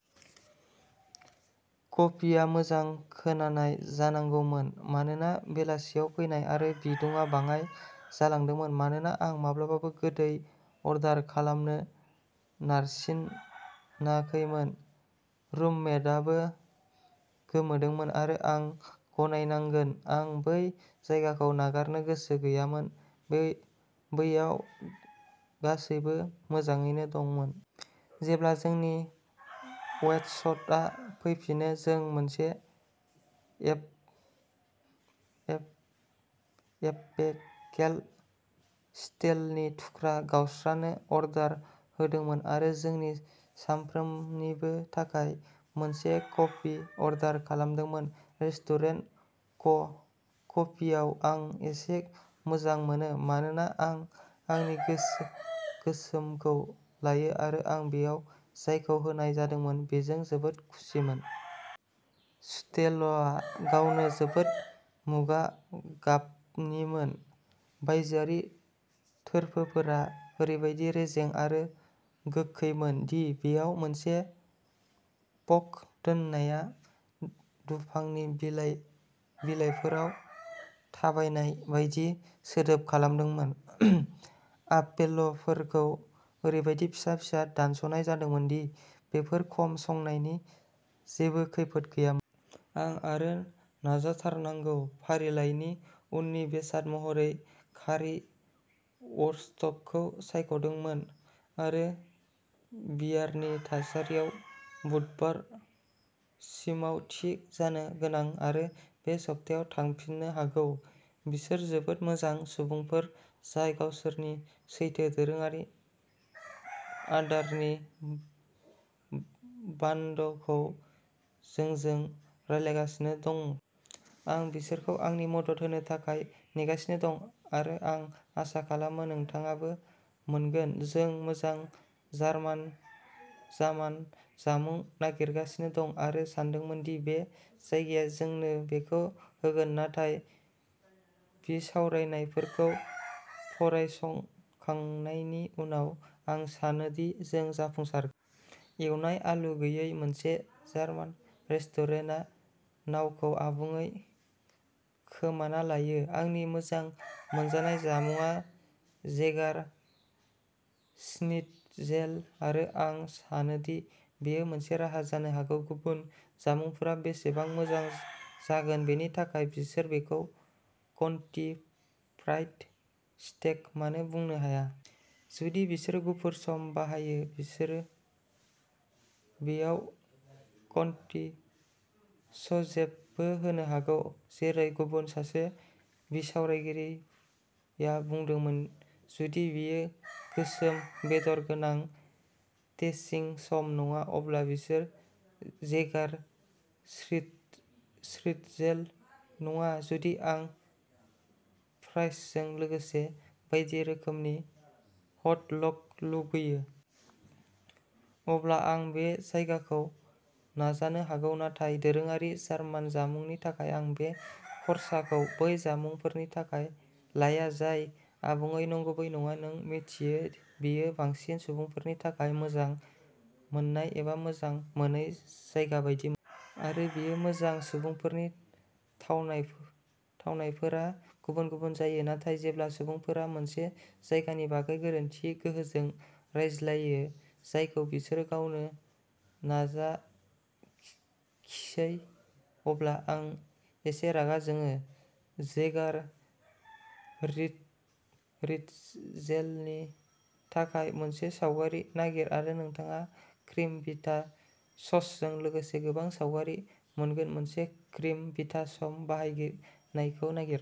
कफिआ मोजां खोनानाय जानांगौमोन। मानोना बेलासियाव फैनाय आरो बिदुंआ बाङाइ जालांदोंमोन। मानोना आं माब्लाबाबो गोदै अर्डार खालामनो नारसिनाखैमोन। रुममेटआबो गोमोदोंमोन। आरो आं गनायनांगोन आं बै जायगाखौ नागारनो गोसो गैयामोन। बैयाव गासैबो मोजाङैनो दंमोन। जेब्ला जोंनि वेट्रेसआ फैफिनो जों मोनसे एपफेलस्ट्रुडेलनि थुख्रा गावस्रानो अर्डार होदोंमोन आरो जोंनि साफ्रोमनिबो थाखाय मोनसे कफी अर्डार खालामदोंमोन। रेस्टुरेन्ट क'फियाव आं एसे मोजां मोनो। मानोना आं आंनि गोसोमखौ लायो आरो आं बेयाव जायखौ होनाय जादोंमोन बेजों जोबोद खुसिमोन। स्ट्रुडेलआ गावनो जोबोद मुगा गाबनिमोन। बायजोआरि थोरफोफोरा ओरैबादि रेजें आरो गोखैमोन दि बेयाव मोनसे फर्क दोननाया दुफांनि बिलाइफोराव थाबायनाय बायदि सोदोब खालामदोंमोन। आपेलफोरखौ ओरैबादि फिसा फिसा दानस'नाय जादोंमोन दि बेफोरखौ खम संनायनि जेबो खैफोद गैयामोन। आं आंनि नाजाथारनांगौ फारिलाइनि उननि बेसाद महरै कारि वुरस्टखौ सायख'दोंमोन। आरो बियारनि थासारिया बुधबारसिमाव थि जानो गोनां। आं बे सप्तायाव थांफिननो हागौ। बिसोर जोबोद मोजां सुबुंफोर जाय गावसोरनि सैथो दोरोङारि आदारनि ब्रान्डखौ जोंजों रानलायगासिनो दं। आं बिसोरखौ आंनि मदद होनो थाखाय नेगासिनो दं। आरो आं आसा खालामो नोंथाङाबो मोनगोन। जों मोजां जार्मान जामुं नागिरगासिनो दं आरो सानदोंमोन दि बे जायगाया जोंनो बेखौ होगोन। नाथाय बिसावरायनायफोरखौ फरायखांनायनि उनाव। आं सानोदि जों जाफुंसारगोन। एवनाय आलु गैयै मोनसे जार्मान रेस्टुरेन्टआ नावखौ आबुङै खोमाना लायो। आंनि मोजां मोनजानाय जामुंआ जेगार स्निट्जेल आरो आं सानोदि बेयो मोनसे राहा जानो हागौ। गुबुन जामुंफोरा बेसेबां मोजां जागोन बेनि थाखाय। बिसोर बेखौ कन्ट्रि फ्राइड स्टेक मानो बुंनो हाया। जुदि बिसोर गुफुर सस बाहायो। बिसोर बेयाव कन्ट्रि ससेजबो होनो हागौ। जेरै गुबुन सासे बिसावरायगिरिया बुंदोंमोन जुदि बेयो गोसोम बेदर गोनां टेस्टिं सस नङा। अब्ला बेयो जेगार श्निटजेल नङा। जुदि आं फ्राइजजों लोगोसे बायदि रोखोमनि हट डग लुगैयो। अब्ला आं बे जायगाखौ नाजानो हागौ। नाथाय दोरोङारि जार्मान जामुंनि थाखाय आं बे खरसाखौ बै जामुंफोरनि थाखाय लाया जाय आबुङै नंगुबै नङा। नों मिथियो बेयो बांसिन सुबुंफोरनि थाखाय मोजां मोननाय एबा मोजां मोनै जायगा बायदि मोनो। आरो बेयो मोजां। सुबुंफोरनि थावनायफोरा गुबुन-गुबुन जायो। नाथाय जेब्ला सुबुंफोरा मोनसे जायगानि बागै गोरोन्थि गोहोजों रायज्लायो। जायखौ बिसोरो गावनो नाजाखिसै अब्ला आं एसे रागा जोङो। जेगार श्निटजेलनि थाखाय मोनसे सावगारि नागिर आरो नोंथाङा क्रिम बिथा ससजों लोगोसे गोबां सावगारि मोनगोन। मोनसे क्रिम बिथा सस बाहायजानायखौ नागिर।